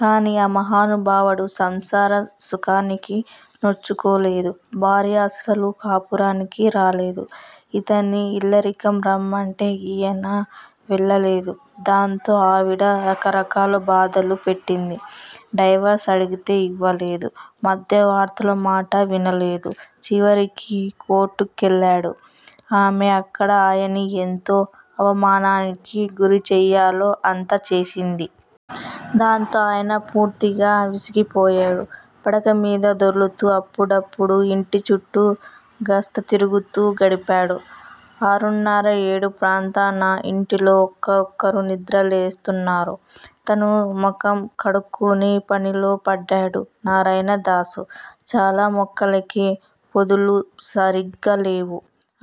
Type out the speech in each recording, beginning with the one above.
కానీ ఆ మహానుభావుడు సంసార సుఖానికి నోచుకోలేదు. భార్య అసలు కాపురానికి రాలేదు. ఇతన్ని ఇల్లరికం రమ్మంటే ఈయన వెళ్ళలేదు దాంతో ఆవిడ రకరకాల బాధలు పెట్టింది. డైవర్స్ అడిగితే ఇవ్వలేదు. మధ్యవర్తుల మాట వినలేదు. చివరికి కోర్టు కెళ్ళాడు. ఆమె అక్కడ ఆయన్ని ఎంత అవమానానికి గురిచెయ్యాలో అంతా చేసింది. దాంతో ఆయన పూర్తిగా విసిగిపోయాడు. పడకమీద దొర్లుతూ, అప్పుడప్పుడూ ఇంటిచుట్టూ గస్తీ తిరుగుతూ గడిపాడు. ఆరున్నర, ఏడు ప్రాంతాన ఇంట్లో ఒక్కొక్కరు నిద్ర లేస్తున్నారు. తనూ ముఖం కడుక్కుని పనిలో పడ్డాడు నారాయణదాసు. చాలా మొక్కలకి పోదులు సరిగ్గాలేవు.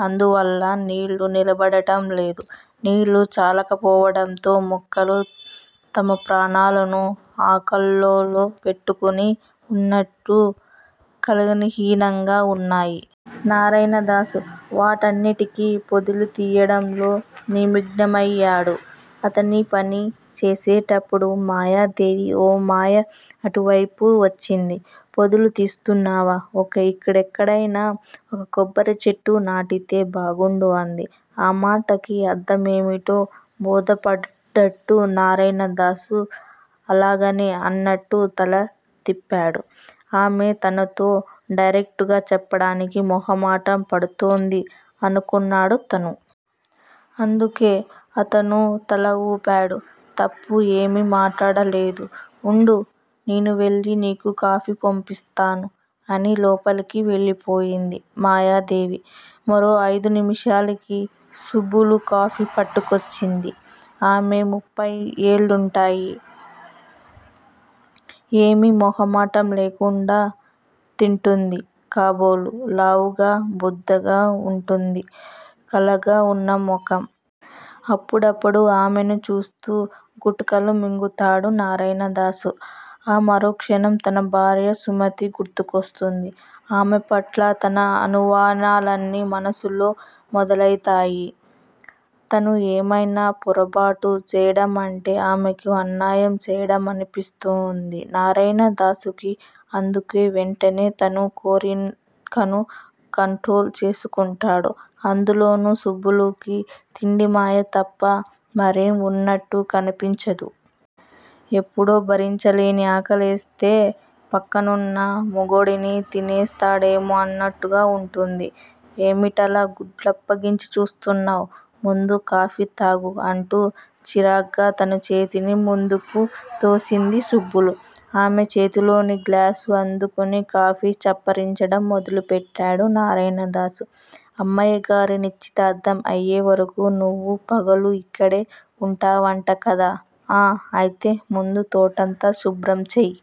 అందువల్ల నీళ్ళు నిలబడటం లేదు. నీళ్ళు చాలకపోవడంతో మొక్కలు తమ ప్రాణాలను ఆకుల్లో పెట్టుకొని వున్నట్లు కళనిహీనంగా వున్నాయి. నారాయణదాసు వాటికన్నిటికీ పొదుల్ని తీయడంలో నిమగ్నమయ్యాడు. అతనీ పని చేసేటప్పుడు మాయాదేవి ఓ మారు అటువేపుగా వచ్చింది. పొదుల్ని తీస్తున్నావా? ఓ. కే. ఇక్కడెక్కడైనా ఓ కొబ్బరిచెట్టు నాటితే బావుండు అంది. ఆ మాటలకి అర్థమేమిటో బోధపడ్డట్టు నారాయణదాసు అలాగనే అన్నట్టు తల తిప్పాడు. ఆమె తనతో డైరెక్టుగా చెప్పడానికి మొహమాట పడుతోంది అనుకున్నాడతను. అందుకే అతను తల ఊపాడు తప్పు ఏమీ మాట్లాడలేదు. ఉండు! నేను వెళ్ళి నీకు కాఫీ పంపిస్తాను అని లోపలికి వెళ్ళిపోయింది మాయాదేవి. మరో అయిదునిముషాలకి సుబ్బులు కాఫీ పట్టుకొచ్చింది. ఆమె ముప్పై ఏళ్ళుంటాయి. ఏమీ మొహమాటం లేకుండా తింటుంది కాబోలు లావుగా, బొద్దగా వుంటుంది. కళగా వున్న ముఖం. అప్పుడప్పుడూ ఆమెను చూస్తూ గుటకలు మింగుతాడు నారాయణదాసు. ఆ మరుక్షణం తన భార్య సుమతి గుర్తుకొస్తుంది. ఆమెపట్ల తన అనుమానాలన్నీ మనసులో మెదులుతాయి. తను ఏమైనా పొరబాటు చేయడమంటే ఆమెకి అన్యాయం చేయడమేననిపిస్తుంది నారాయణదాసుకి. అందుకే వెంటనే తన కోరికను కంట్రోలు చేసుకుంటాడు. అందులోనూ సుబ్బులికి తిండియావ తప్ప మరేం వున్నట్టు కనిపించదు. ఎప్పుడో భరించలేని ఆకలివేస్తే పక్కనున్న మొగుడిని తినేస్తుందేమోనన్నట్లు వుంటుంది. ఏమిటలా గుడ్లప్పగించి చూస్తున్నావ్ ముందు కాఫీతాగు అంటూ చిరాగ్గా తన చేతిని ముందుకు తోసింది సుబ్బులు. ఆమె చేతిలోని గ్లాసు అందుకొని కాఫీని చప్పరించడం మొదలుపెట్టాడు నారాయణదాసు. అమ్మాయిగారి నిశ్చితార్థం అయ్యేవరకు నువ్వూ పగలు ఇక్కడే వుంటావట కదా ఆఁ అయితే ముందు తోటంతా శుభ్రంచెయ్.